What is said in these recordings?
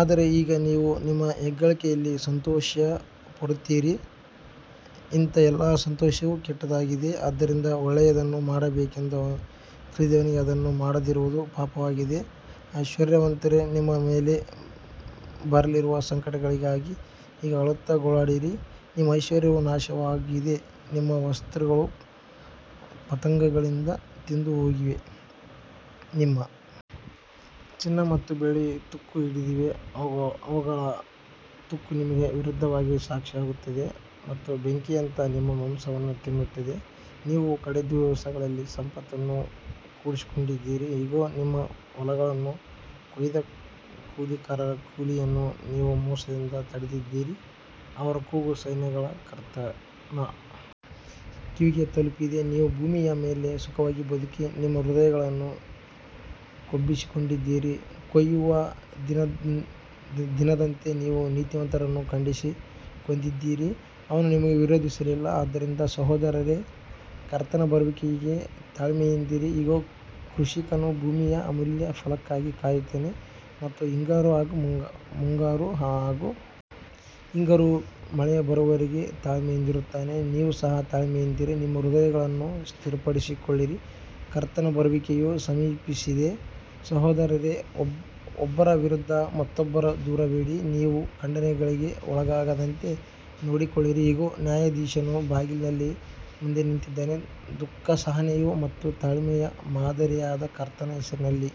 ಆದರೆ ಈಗ ನೀವು ನಿಮ್ಮ ಹೆಗ್ಗಳಿಕೆಯಲ್ಲಿ ಸಂತೋಷಪಡುತ್ತೀರಿ ಇಂಥ ಎಲ್ಲಾ ಸಂತೋಷವು ಕೆಟ್ಟದ್ದಾಗಿದೆ ಆದ್ದರಿಂದ ಒಳ್ಳೆಯದನ್ನು ಮಾಡಬೇಕೆಂದು ತಿಳಿದವನಿಗೆ ಅದನ್ನು ಮಾಡದಿರುವುದು ಪಾಪವಾಗಿದೆ ಐಶ್ವರ್ಯವಂತರೇ ನಿಮ್ಮ ಮೇಲೆ ಬರಲಿರುವ ಸಂಕಟಗಳಿಗಾಗಿ ಈಗ ಅಳುತ್ತಾ ಗೋಳಾಡಿರಿ ನಿಮ್ಮ ಐಶ್ವರ್ಯವು ನಾಶವಾಗಿದೆ ನಿಮ್ಮ ವಸ್ತ್ರಗಳು ಪತಂಗಗಳಿಂದ ತಿಂದುಹೋಗಿವೆ ನಿಮ್ಮ ಚಿನ್ನ ಮತ್ತು ಬೆಳ್ಳಿ ತುಕ್ಕು ಹಿಡಿದಿವೆ ಅವುಗಳ ತುಕ್ಕು ನಿಮಗೆ ವಿರುದ್ಧವಾಗಿ ಸಾಕ್ಷಿಯಾಗುತ್ತದೆ ಮತ್ತು ಬೆಂಕಿಯಂತೆ ನಿಮ್ಮ ಮಾಂಸವನ್ನು ತಿನ್ನುತ್ತದೆ ನೀವು ಕಡೇ ದಿವಸಗಳಲ್ಲಿ ಸಂಪತ್ತನ್ನು ಕೂಡಿಸಿಕೊಂಡಿದ್ದೀರಿ ಇಗೋ ನಿಮ್ಮ ಹೊಲಗಳನ್ನು ಕೊಯ್ದ ಕೂಲಿಕಾರರ ಕೂಲಿಯನ್ನು ನೀವು ಮೋಸದಿಂದ ತಡೆದಿದ್ದೀರಿ ಅವರ ಕೂಗು ಸೈನ್ಯಗಳ ಕರ್ತನ ಕಿವಿಗೆ ತಲುಪಿದೆ ನೀವು ಭೂಮಿಯ ಮೇಲೆ ಸುಖವಾಗಿ ಬದುಕಿ ನಿಮ್ಮ ಹೃದಯಗಳನ್ನು ಕೊಬ್ಬಿಸಿಕೊಂಡಿದ್ದೀರಿ ಕೊಯ್ಯುವ ದಿನದಂತೆ ನೀವು ನೀತಿವಂತನನ್ನು ಖಂಡಿಸಿ ಕೊಂದಿದ್ದೀರಿ ಅವನು ನಿಮಗೆ ವಿರೋಧಿಸಲಿಲ್ಲ ಆದ್ದರಿಂದ ಸಹೋದರರೇ ಕರ್ತನ ಬರುವಿಕೆಯವರೆಗೆ ತಾಳ್ಮೆಯಿಂದಿರಿ ಇಗೋ ಕೃಷಿಕನು ಭೂಮಿಯ ಅಮೂಲ್ಯ ಫಲಕ್ಕಾಗಿ ಕಾಯುತ್ತಾನೆ ಮತ್ತು ಮುಂಗಾರು ಹಾಗೂ ಹಿಂಗಾರು ಮಳೆ ಬರುವವರೆಗೆ ತಾಳ್ಮೆಯಿಂದಿರುತ್ತಾನೆ ನೀವು ಸಹ ತಾಳ್ಮೆಯಿಂದಿರಿ ನಿಮ್ಮ ಹೃದಯಗಳನ್ನು ಸ್ಥಿರಪಡಿಸಿಕೊಳ್ಳಿರಿ ಕರ್ತನ ಬರುವಿಕೆಯು ಸಮೀಪಿಸಿದೆ ಸಹೋದರರೇ ಒಬ್ಬರ ವಿರುದ್ಧ ಮತ್ತೊಬ್ಬರು ದೂರುಬೇಡಿ ನೀವು ಖಂಡನೆಗೆ ಒಳಗಾಗದಂತೆ ನೋಡಿಕೊಳ್ಳಿರಿ ಇಗೋ ನ್ಯಾಯಾಧೀಶನು ಬಾಗಿಲಿನ ಮುಂದೆ ನಿಂತಿದ್ದಾನೆ ದುಃಖಸಹನೆಯ ಮತ್ತು ತಾಳ್ಮೆಯ ಮಾದರಿಯಾಗಿ ಕರ್ತನ ಹೆಸರಿನಲ್ಲಿ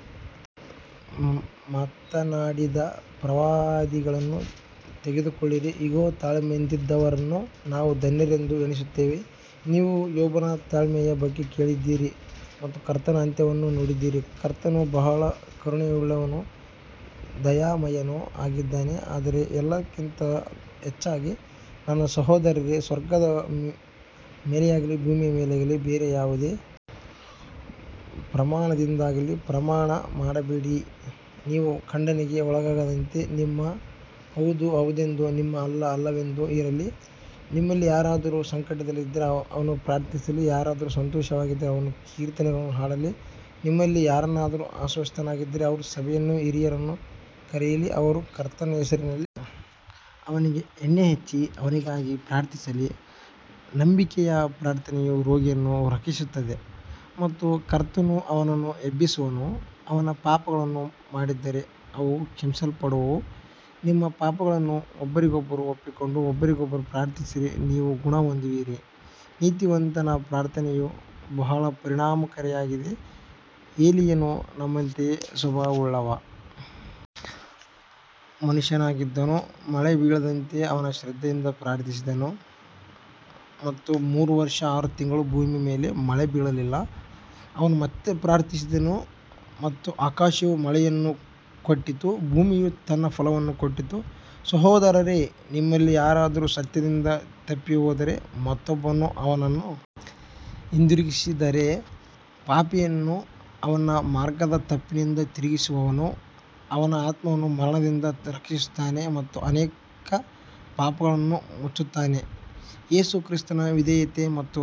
ಮಾತನಾಡಿದ ಪ್ರವಾದಿಗಳನ್ನು ತೆಗೆದುಕೊಳ್ಳಿರಿ ಇಗೋ ತಾಳ್ಮೆಯಿಂದಿದ್ದವರನ್ನು ನಾವು ಧನ್ಯರೆಂದು ಎಣಿಸುತ್ತೇವೆ ನೀವು ಯೋಬನ ತಾಳ್ಮೆಯ ಬಗ್ಗೆ ಕೇಳಿದ್ದೀರಿ ಮತ್ತು ಕರ್ತನ ಅಂತ್ಯವನ್ನು ನೋಡಿದ್ದೀರಿ ಕರ್ತನು ಬಹಳ ಕರುಣೆಯುಳ್ಳವನೂ ದಯಾಮಯನೂ ಆಗಿದ್ದಾನೆ ಆದರೆ ಎಲ್ಲಕ್ಕಿಂತ ಹೆಚ್ಚಾಗಿ ನನ್ನ ಸಹೋದರರೇ ಸ್ವರ್ಗದ ಮೇಲೆಯಾಗಲಿ ಭೂಮಿಯ ಮೇಲೆಯಾಗಲಿ ಬೇರೆ ಯಾವುದೇ ಪ್ರಮಾಣದಿಂದಾಗಲಿ ಪ್ರಮಾಣ ಮಾಡಬೇಡಿ ನೀವು ಖಂಡನೆಗೆ ಒಳಗಾಗದಂತೆ ನಿಮ್ಮ ಹೌದು ಹೌದೆಂದೂ ನಿಮ್ಮ ಅಲ್ಲ ಅಲ್ಲವೆಂದೂ ಇರಲಿ ನಿಮ್ಮಲ್ಲಿ ಯಾರಾದರೂ ಸಂಕಟದಲ್ಲಿದ್ದರೆ ಅವನು ಪ್ರಾರ್ಥಿಸಲಿ ಯಾರಾದರೂ ಸಂತೋಷವಾಗಿದ್ದರೆ ಅವನು ಕೀರ್ತನೆಗಳನ್ನು ಹಾಡಲಿ ನಿಮ್ಮಲ್ಲಿ ಯಾರಾದರೂ ಅಸ್ವಸ್ಥನಾಗಿದ್ದರೆ ಅವನು ಸಭೆಯ ಹಿರಿಯರನ್ನು ಕರೆಯಲಿ ಅವರು ಕರ್ತನ ಹೆಸರಿನಲ್ಲಿ ಅವನಿಗೆ ಎಣ್ಣೆ ಹಚ್ಚಿ ಅವನಿಗಾಗಿ ಪ್ರಾರ್ಥಿಸಲಿ ನಂಬಿಕೆಯ ಪ್ರಾರ್ಥನೆಯು ರೋಗಿಯನ್ನು ರಕ್ಷಿಸುತ್ತದೆ ಮತ್ತು ಕರ್ತನು ಅವನನ್ನು ಎಬ್ಬಿಸುವನು ಅವನು ಪಾಪಗಳನ್ನು ಮಾಡಿದ್ದರೆ ಅವು ಕ್ಷಮಿಸಲ್ಪಡುವವು ನಿಮ್ಮ ಪಾಪಗಳನ್ನು ಒಬ್ಬರಿಗೊಬ್ಬರು ಒಪ್ಪಿಕೊಂಡು ಒಬ್ಬರಿಗೊಬ್ಬರು ಪ್ರಾರ್ಥಿಸಿರಿ ನೀವು ಗುಣಹೊಂದುವಿರಿ ನೀತಿವಂತನ ಪ್ರಾರ್ಥನೆಯು ಬಹಳ ಪರಿಣಾಮಕಾರಿಯಾಗಿದೆ ಎಲೀಯನು ನಮ್ಮಂತೆಯೇ ಸ್ವಭಾವವುಳ್ಳ ಮನುಷ್ಯನಾಗಿದ್ದನು ಮಳೆ ಬೀಳದಂತೆ ಅವನು ಶ್ರದ್ಧೆಯಿಂದ ಪ್ರಾರ್ಥಿಸಿದನು ಮತ್ತು ಮೂರು ವರ್ಷ ಆರು ತಿಂಗಳು ಭೂಮಿಯ ಮೇಲೆ ಮಳೆ ಬೀಳಲಿಲ್ಲ ಅವನು ಮತ್ತೆ ಪ್ರಾರ್ಥಿಸಿದನು ಮತ್ತು ಆಕಾಶವು ಮಳೆಯನ್ನು ಕೊಟ್ಟಿತು ಭೂಮಿಯು ತನ್ನ ಫಲವನ್ನು ಕೊಟ್ಟಿತು ಸಹೋದರರೇ ನಿಮ್ಮಲ್ಲಿ ಯಾರಾದರೂ ಸತ್ಯದಿಂದ ತಪ್ಪಿಹೋದರೆ ಮತ್ತೊಬ್ಬನು ಅವನನ್ನು ಹಿಂದಿರುಗಿಸಿದರೆ ಪಾಪಿಯನ್ನು ಅವನ ಮಾರ್ಗದ ತಪ್ಪಿನಿಂದ ತಿರುಗಿಸುವವನು ಅವನ ಆತ್ಮವನ್ನು ಮರಣದಿಂದ ರಕ್ಷಿಸುತ್ತಾನೆ ಮತ್ತು ಅನೇಕ ಪಾಪಗಳನ್ನು ಮುಚ್ಚುತ್ತಾನೆ ಯೇಸು ಕ್ರಿಸ್ತನ ವಿಧೇಯತೆ ಮತ್ತು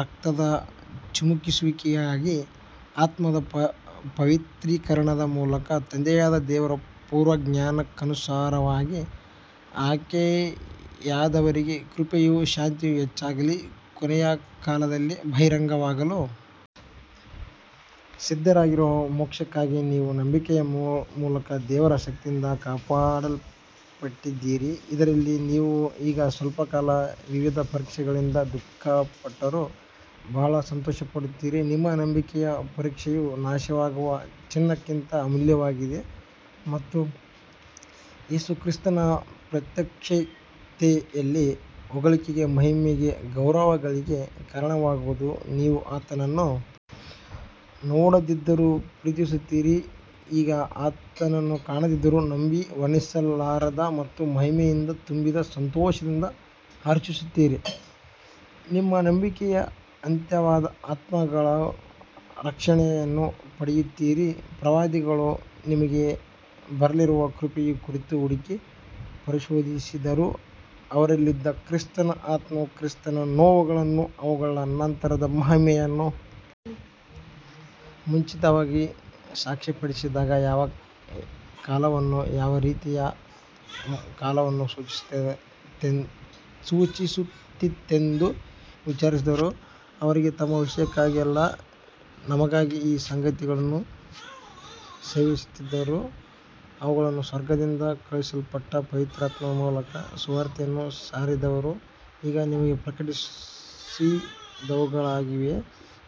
ರಕ್ತದ ಚಿಮುಕಿಸುವಿಕೆಗಾಗಿ ಆತ್ಮದ ಪವಿತ್ರೀಕರಣದ ಮೂಲಕ ತಂದೆಯಾದ ದೇವರ ಪೂರ್ವಜ್ಞಾನಕ್ಕನುಸಾರವಾಗಿ ಆಯ್ಕೆಯಾದವರಿಗೆ ಕೃಪೆಯೂ ಶಾಂತಿಯೂ ಹೆಚ್ಚಾಗಲಿ ಕೊನೆಯ ಕಾಲದಲ್ಲಿ ಬಹಿರಂಗವಾಗಲು ಸಿದ್ಧವಾಗಿರುವ ಮೋಕ್ಷಕ್ಕಾಗಿ ನೀವು ನಂಬಿಕೆಯ ಮೂಲಕ ದೇವರ ಶಕ್ತಿಯಿಂದ ಕಾಪಾಡಲ್ಪಟ್ಟಿದ್ದೀರಿ ಇದರಲ್ಲಿ ನೀವು ಈಗ ಸ್ವಲ್ಪಕಾಲ ವಿವಿಧ ಪರೀಕ್ಷೆಗಳಿಂದ ದುಃಖಪಟ್ಟರೂ ಬಹಳ ಸಂತೋಷಪಡುತ್ತೀರಿ ನಿಮ್ಮ ನಂಬಿಕೆಯ ಪರೀಕ್ಷೆಯು ನಾಶವಾಗುವ ಚಿನ್ನಕ್ಕಿಂತ ಅಮೂಲ್ಯವಾಗಿದೆ ಮತ್ತು ಯೇಸು ಕ್ರಿಸ್ತನ ಪ್ರತ್ಯಕ್ಷತೆಯಲ್ಲಿ ಹೊಗಳಿಕೆ ಮಹಿಮೆ ಗೌರವಗಳಿಗೆ ಕಾರಣವಾಗುವುದು ನೀವು ಆತನನ್ನು ನೋಡದಿದ್ದರೂ ಪ್ರೀತಿಸುತ್ತೀರಿ ಈಗ ಆತನನ್ನು ಕಾಣದಿದ್ದರೂ ನಂಬಿ ವರ್ಣಿಸಲಾರದ ಮತ್ತು ಮಹಿಮೆಯಿಂದ ತುಂಬಿದ ಸಂತೋಷದಿಂದ ಹರ್ಷಿಸುತ್ತೀರಿ ನಿಮ್ಮ ನಂಬಿಕೆಯ ಅಂತ್ಯವಾದ ಆತ್ಮಗಳ ರಕ್ಷಣೆಯನ್ನು ಪಡೆಯುತ್ತೀರಿ ಪ್ರವಾದಿಗಳು ನಿಮಗೆ ಬರಲಿರುವ ಕೃಪೆಯ ಕುರಿತು ಹುಡುಕಿ ಪರಿಶೋಧಿಸಿದರು ಅವರಲ್ಲಿದ್ದ ಕ್ರಿಸ್ತನ ಆತ್ಮವು ಕ್ರಿಸ್ತನ ನೋವುಗಳನ್ನೂ ಅವುಗಳ ನಂತರದ ಮಹಿಮೆಯನ್ನೂ ಮುಂಚಿತವಾಗಿ ಸಾಕ್ಷ್ಯಪಡಿಸಿದಾಗ ಯಾವ ಕಾಲವನ್ನೂ ಯಾವ ರೀತಿಯ ಕಾಲವನ್ನೂ ಸೂಚಿಸುತ್ತಿತ್ತೆಂದು ವಿಚಾರಿಸಿದರು ಅವರಿಗೆ ತಮ್ಮ ವಿಷಯಕ್ಕಾಗಿ ಅಲ್ಲ ನಿಮಗಾಗಿ ಈ ಸಂಗತಿಗಳನ್ನು ಸೇವಿಸುತ್ತಿದ್ದರು ಅವುಗಳನ್ನು ಸ್ವರ್ಗದಿಂದ ಕಳುಹಿಸಲ್ಪಟ್ಟ ಪವಿತ್ರಾತ್ಮನ ಮೂಲಕ ಸುವಾರ್ತೆಯನ್ನು ಸಾರಿದವರು ಈಗ ನಿಮಗೆ ಪ್ರಕಟಿಸಿದವುಗಳಾಗಿವೆ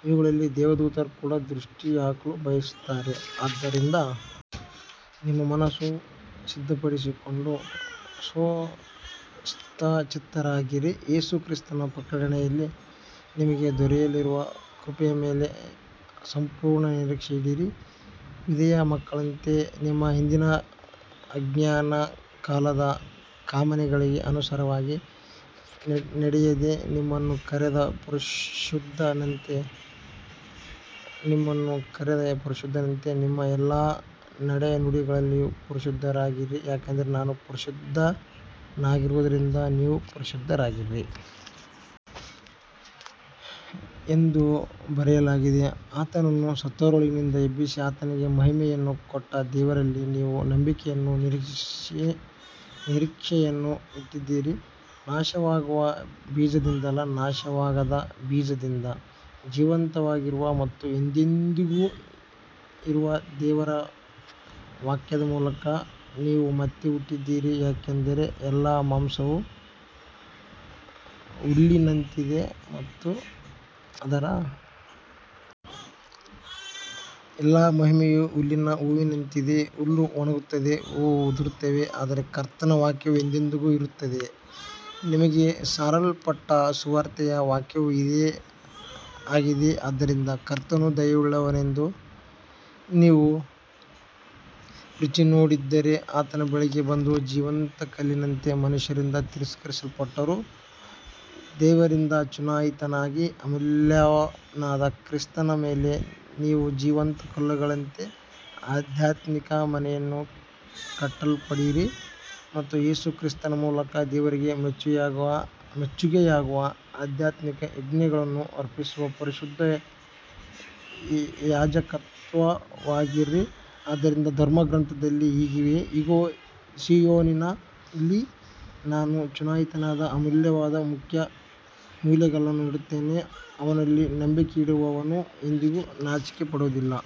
ಇವುಗಳಲ್ಲಿ ದೇವದೂತರು ಕೂಡ ದೃಷ್ಟಿಹಾಕಲು ಬಯಸುತ್ತಾರೆ ಆದ್ದರಿಂದ ನಿಮ್ಮ ಮನಸ್ಸನ್ನು ಸಿದ್ಧಪಡಿಸಿಕೊಂಡು ಸ್ವಸ್ಥಚಿತ್ತರಾಗಿರಿ ಯೇಸು ಕ್ರಿಸ್ತನ ಪ್ರಕಟಣೆಯಲ್ಲಿ ನಿಮಗೆ ದೊರೆಯುವ ಕೃಪೆಯ ಮೇಲೆ ಸಂಪೂರ್ಣ ನಿರೀಕ್ಷೆಯಿಡಿರಿ ವಿಧೇಯ ಮಕ್ಕಳಂತೆ ನಿಮ್ಮ ಹಿಂದಿನ ಅಜ್ಞಾನಕಾಲದ ಕಾಮನೆಗಳಿಗೆ ಅನುಸಾರವಾಗಿ ನಡೆಯದೆ ನಿಮ್ಮನ್ನು ಕರೆದ ಪರಿಶುದ್ಧನಂತೆ ನಿಮ್ಮ ಎಲ್ಲಾ ನಡೆನುಡಿಗಳಲ್ಲಿಯೂ ಪರಿಶುದ್ಧರಾಗಿರಿ ಯಾಕಂದರೆ ನಾನು ಪರಿಶುದ್ಧನಾಗಿರುವುದರಿಂದ ನೀವು ಪರಿಶುದ್ಧರಾಗಿರಿ ಎಂದು ಬರೆಯಲಾಗಿದೆ ಆತನನ್ನು ಸತ್ತವರೊಳಗಿಂದ ಎಬ್ಬಿಸಿ ಆತನಿಗೆ ಮಹಿಮೆಯನ್ನು ಕೊಟ್ಟ ದೇವರಲ್ಲಿ ನೀವು ನಂಬಿಕೆಯನ್ನೂ ನಿರೀಕ್ಷೆಯನ್ನೂ ಇಟ್ಟಿದ್ದೀರಿ ನಾಶವಾಗುವ ಬೀಜದಿಂದಲ್ಲ ನಾಶವಾಗದ ಬೀಜದಿಂದ ಜೀವಂತವಾಗಿರುವ ಮತ್ತು ಎಂದೆಂದಿಗೂ ಇರುವ ದೇವರ ವಾಕ್ಯದ ಮೂಲಕ ನೀವು ಮತ್ತೆ ಹುಟ್ಟಿದ್ದೀರಿ ಯಾಕಂದರೆ ಎಲ್ಲಾ ಮಾಂಸವೂ ಹುಲ್ಲಿನಂತಿದೆ ಮತ್ತು ಅದರ ಎಲ್ಲಾ ಮಹಿಮೆಯೂ ಹುಲ್ಲಿನ ಹೂವಿನಂತಿದೆ ಹುಲ್ಲು ಒಣಗುತ್ತದೆ ಹೂವು ಉದುರುತ್ತದೆ ಆದರೆ ಕರ್ತನ ವಾಕ್ಯವು ಎಂದೆಂದಿಗೂ ಇರುತ್ತದೆ ನಿಮಗೆ ಸಾರಲ್ಪಟ್ಟ ಸುವಾರ್ತೆಯ ವಾಕ್ಯವೂ ಇದೇ ಆಗಿದೆ ಆದ್ದರಿಂದ ಕರ್ತನು ದಯೆಯುಳ್ಳವನೆಂದು ನೀವು ರುಚಿ ನೋಡಿದ್ದರೆ ಆತನ ಬಳಿಗೆ ಬಂದು ಜೀವಂತ ಕಲ್ಲಿನಂತೆ ಮನುಷ್ಯರಿಂದ ತಿರಸ್ಕರಿಸಲ್ಪಟ್ಟರೂ ದೇವರಿಂದ ಚುನಾಯಿತನಾಗಿ ಅಮೂಲ್ಯನಾದ ಕ್ರಿಸ್ತನ ಮೇಲೆ ನೀವೂ ಜೀವಂತ ಕಲ್ಲುಗಳಂತೆ ಆಧ್ಯಾತ್ಮಿಕ ಮನೆಯನ್ನು ಕಟ್ಟಲ್ಪಡಿರಿ ಮತ್ತು ಯೇಸು ಕ್ರಿಸ್ತನ ಮೂಲಕ ದೇವರಿಗೆ ಮೆಚ್ಚುಗೆಯಾಗುವ ಆಧ್ಯಾತ್ಮಿಕ ಯಜ್ಞಗಳನ್ನು ಅರ್ಪಿಸುವ ಪರಿಶುದ್ಧ ಯಾಜಕತ್ವವಾಗಿರಿ ಆದ್ದರಿಂದ ಧರ್ಮಗ್ರಂಥದಲ್ಲಿ ಹೀಗಿದೆ ಇಗೋ ಸೀಯೋನಿನಲ್ಲಿ ನಾನು ಚುನಾಯಿತನಾದ ಅಮೂಲ್ಯವಾದ ಮುಖ್ಯ ಮೂಲೆಗಲ್ಲನ್ನು ಇಡುತ್ತೇನೆ ಅವನಲ್ಲಿ ನಂಬಿಕೆಯಿಡುವವನು ಎಂದಿಗೂ ನಾಚಿಕೆಪಡುವುದಿಲ್ಲ